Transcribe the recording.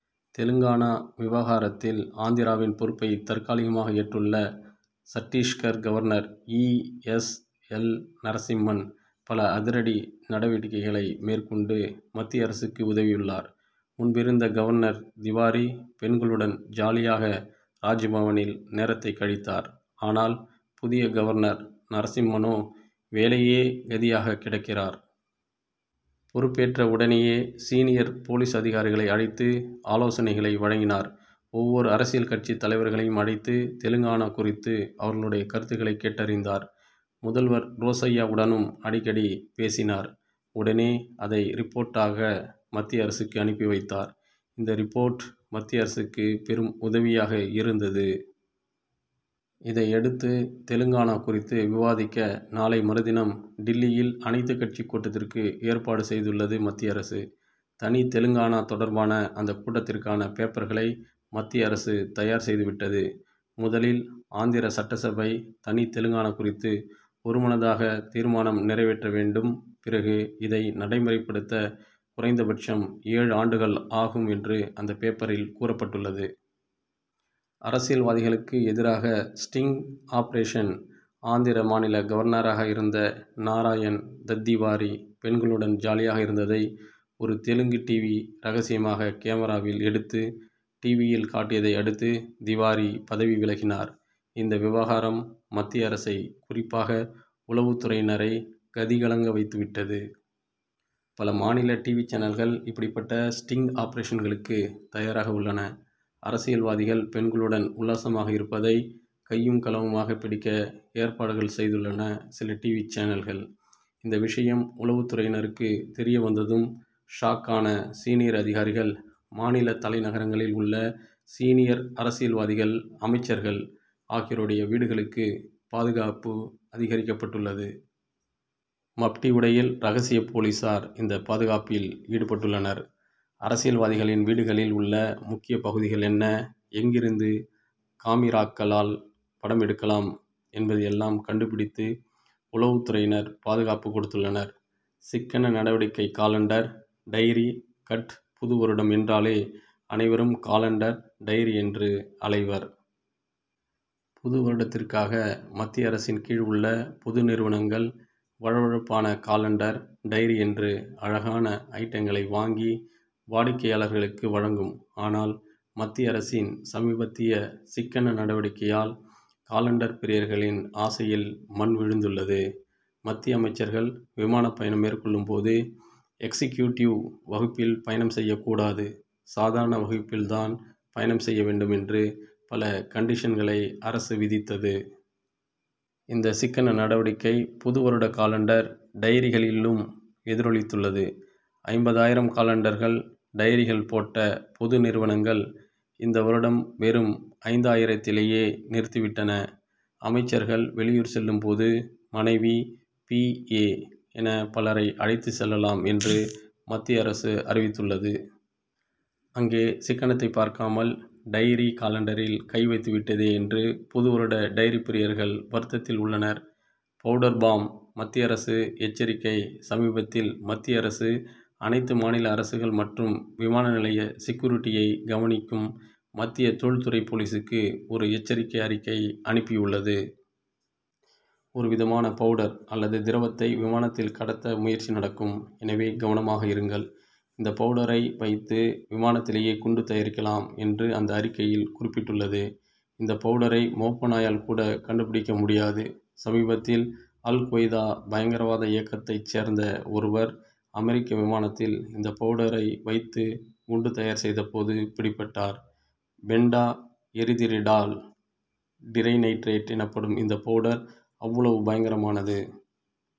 தெலுங்கானா விவகாரத்தில், ஆந்திராவின் பொறுப்பை தற்காலிகமாக ஏற்றுள்ள Chhattisgarh governor E. S. L. Narasimhan, பல அதிரடி நடவடிக்கைகளை மேற்கொண்டு, மத்திய அரசுக்கு உதவியுள்ளார். முன்பிருந்த கவர்னர் திவாரி, பெண்களுடன் ஜாலியாக ராஜ்பவனில் நேரத்தை கழித்தார். ஆனால், புதிய கவர்னர் நரசிம்மனோ வேலையே கதியாக கிடக்கிறார். பொறுப்பேற்ற உடனேயே, சீனியர் போலீஸ் அதிகாரிகளை அழைத்து ஆலோசனைகளை வழங்கினார். ஒவ்வொரு அரசியல் கட்சித் தலைவர்களையும் அழைத்து, தெலுங்கானா குறித்து அவர்களுடைய கருத்துக்களை கேட்டறிந்தார். முதல்வர் ரோசய்யாவுடனும் அடிக்கடி பேசினார். உடனே அதை ரிப்போர்ட்டாக மத்திய அரசுக்கு அனுப்பி வைத்தார். இந்த ரிப்போர்ட், மத்திய அரசுக்கு பெரும் உதவியாக இருந்தது. இதையெடுத்து, தெலுங்கானா குறித்து விவாதிக்க, நாளை மறுதினம் டில்லியில் அனைத்துக் கட்சிக் கூட்டத்திற்கு ஏற்பாடு செய்துள்ளது மத்திய அரசு. தனி தெலுங்கானா தொடர்பான அந்த கூட்டத்திற்கான பேப்பர்களை மத்திய அரசு தயார் செய்துவிட்டது. முதலில் ஆந்திர சட்டசபை தனி தெலுங்கானா குறித்து ஒருமனதாக தீர்மானம் நிறைவேற்ற வேண்டும் பிறகு, இதை நடைமுறை படுத்த குறைந்த பட்சம் ஏழு ஆண்டுகள் ஆகும் என்று அந்த பேப்பரில் கூறப்பட்டுள்ளது. அரசியல்வாதிகளுக்கு எதிராக ஸ்டிங் ஆபரேஷன் ஆந்திர மாநில கவர்னராக இருந்த நாராயண் தத்திவாரி, பெண்களுடன் ஜாலியாக இருந்ததை, ஒரு தெலுங்கு 'டிவி' ரகசிய கேமிராவில் எடுத்து, டிவியில் காட்டியதை அடுத்து, திவாரி பதவி விலகினார். இந்த விவகாரம் மத்திய அரசை குறிப்பாக உளவுத் துறையினரை கதி கலங்க வைத்துவிட்டது. பல மாநில 'டிவி' சேனல்கள், இப்படிப்பட்ட ஸ்டிங் ஆபரேஷன்களுக்கு தயாராக உள்ளன. அரசியல்வாதிகள் பெண்களுடன் உல்லாசமாக இருப்பதை கையும், களவுமாக பிடிக்க ஏற்பாடுகள் செய்துள்ளன சில 'டிவி' சேனல்கள். இந்த விஷயம் உளவுத் துறையினருக்கு தெரிய வந்ததும் 'ஷாக்' ஆன சீனியர் அதிகாரிகள். மாநில தலைநகரங்களில் உள்ள சீனியர் அரசியல்வாதிகள் அமைச்சர்கள் ஆகியோருடைய வீடுகளுக்கு, பாதுகாப்பு அதிகரிக்கப்பட்டுள்ளது. மப்டி உடையில் ரகசிய போலீசார் இந்த பாதுகாப்பில் ஈடுபட்டுள்ளனர். அரசியல்வாதிகளின் வீடுகளில் உள்ள முக்கிய பகுதிகள் என்ன? எங்கிருந்து காமிராக்களால் படம் எடுக்கலாம் என்பதையெல்லாம் கண்டுபிடித்து, உளவுத் துறையினர் பாதுகாப்பு கொடுத்துள்ளனர். சிக்கன நடவடிக்கை காலண்டர், டைரி 'கட்' புது வருடம் என்றாலே அனைவரும் காலண்டர், டைரி என்று அலைவர். புது வருடத்திற்காக மத்திய அரசின் கீழ் உள்ள பொது நிறுவனங்கள் வழ வழப்பான காலண்டர், டைரி என்று அழகான அயிட்டங்களை வாங்கி, வாடிக்கையாளர்களுக்கு வழங்கும். ஆனால், மத்திய அரசின் சமீபத்திய சிக்கன நடவடிக்கையால், காலண்டர் பிரியர்களின் ஆசையில் மண் விழுந்துள்ளது. 'மத்திய அமைச்சர்கள் விமானப் பயணம் மேற்கொள்ளும் போது எக்சிகியூடிவ் வகுப்பில் பயணம் செய்யக்கூடாது சாதாரண வகுப்பில் தான் பயணம் செய்ய வேண்டும்' என்று, பல கண்டிஷன்களை அரசு விதித்தது. இந்த சிக்கன நடவடிக்கை புது வருட காலண்டர், டைரிகளிலும் எதிரொலித்துள்ளது. ஐம்பதாயிரம் காலண்டர்கள், டைரிகள் போட்ட பொது நிறுவனங்கள், இந்த வருடம் வெறும் ஐந்தாயிரத்திலேயே நிறுத்திவிட்டன. 'அமைச்சர்கள் வெளியூர் செல்லும் போது மனைவி, பி. ஏ. என பலரை அழைத்துச் செல்லலாம் என்று, மத்திய அரசு அறிவித்துள்ளது. அங்கே சிக்கனத்தைப் பார்க்காமல் டைரி, காலண்டரில் கை வைத்துவிட்டதே என்று புது வருட டைரி பிரியர்கள் வருத்தத்தில் உள்ளனர். 'பவுடர் பாம்' மத்திய அரசு எச்சரிக்கை சமீபத்தில் மத்திய அரசு, அனைத்து மாநில அரசுகள் மற்றும் விமான நிலைய செக்யூரிடியை கவனிக்கும் மத்திய தொழில்துறை போலீசுக்கு ஒரு எச்சரிக்கை அறிக்கை அனுப்பியுள்ளது. ஒரு விதமான பவுடர் அல்லது திரவத்தை விமானத்தில் கடத்த முயற்சி நடக்கும். எனவே கவனமாக இருங்கள். இந்த பவுடரை வைத்து விமானத்திலேயே குண்டு தயாரிக்கலாம்' என்று அந்த அறிக்கையில் குறிப்பிட்டுள்ளது. இந்த பவுடரை மோப்ப நாயால் கூட கண்டுபிடிக்க முடியாது. சமீபத்தில், அல் குவைதா பயங்கரவாத இயக்கத்தைச் சேர்ந்த ஒருவர், அமெரிக்க விமானத்தில் இந்த பவுடரை வைத்து குண்டு தயார் செய்த போது பிடிபட்டார். பென்டா எரிதிரிடால் டிரிநைட்ரேட் எனப்படும் இந்த பவுடர் அவ்வளவு பயங்கரமானது.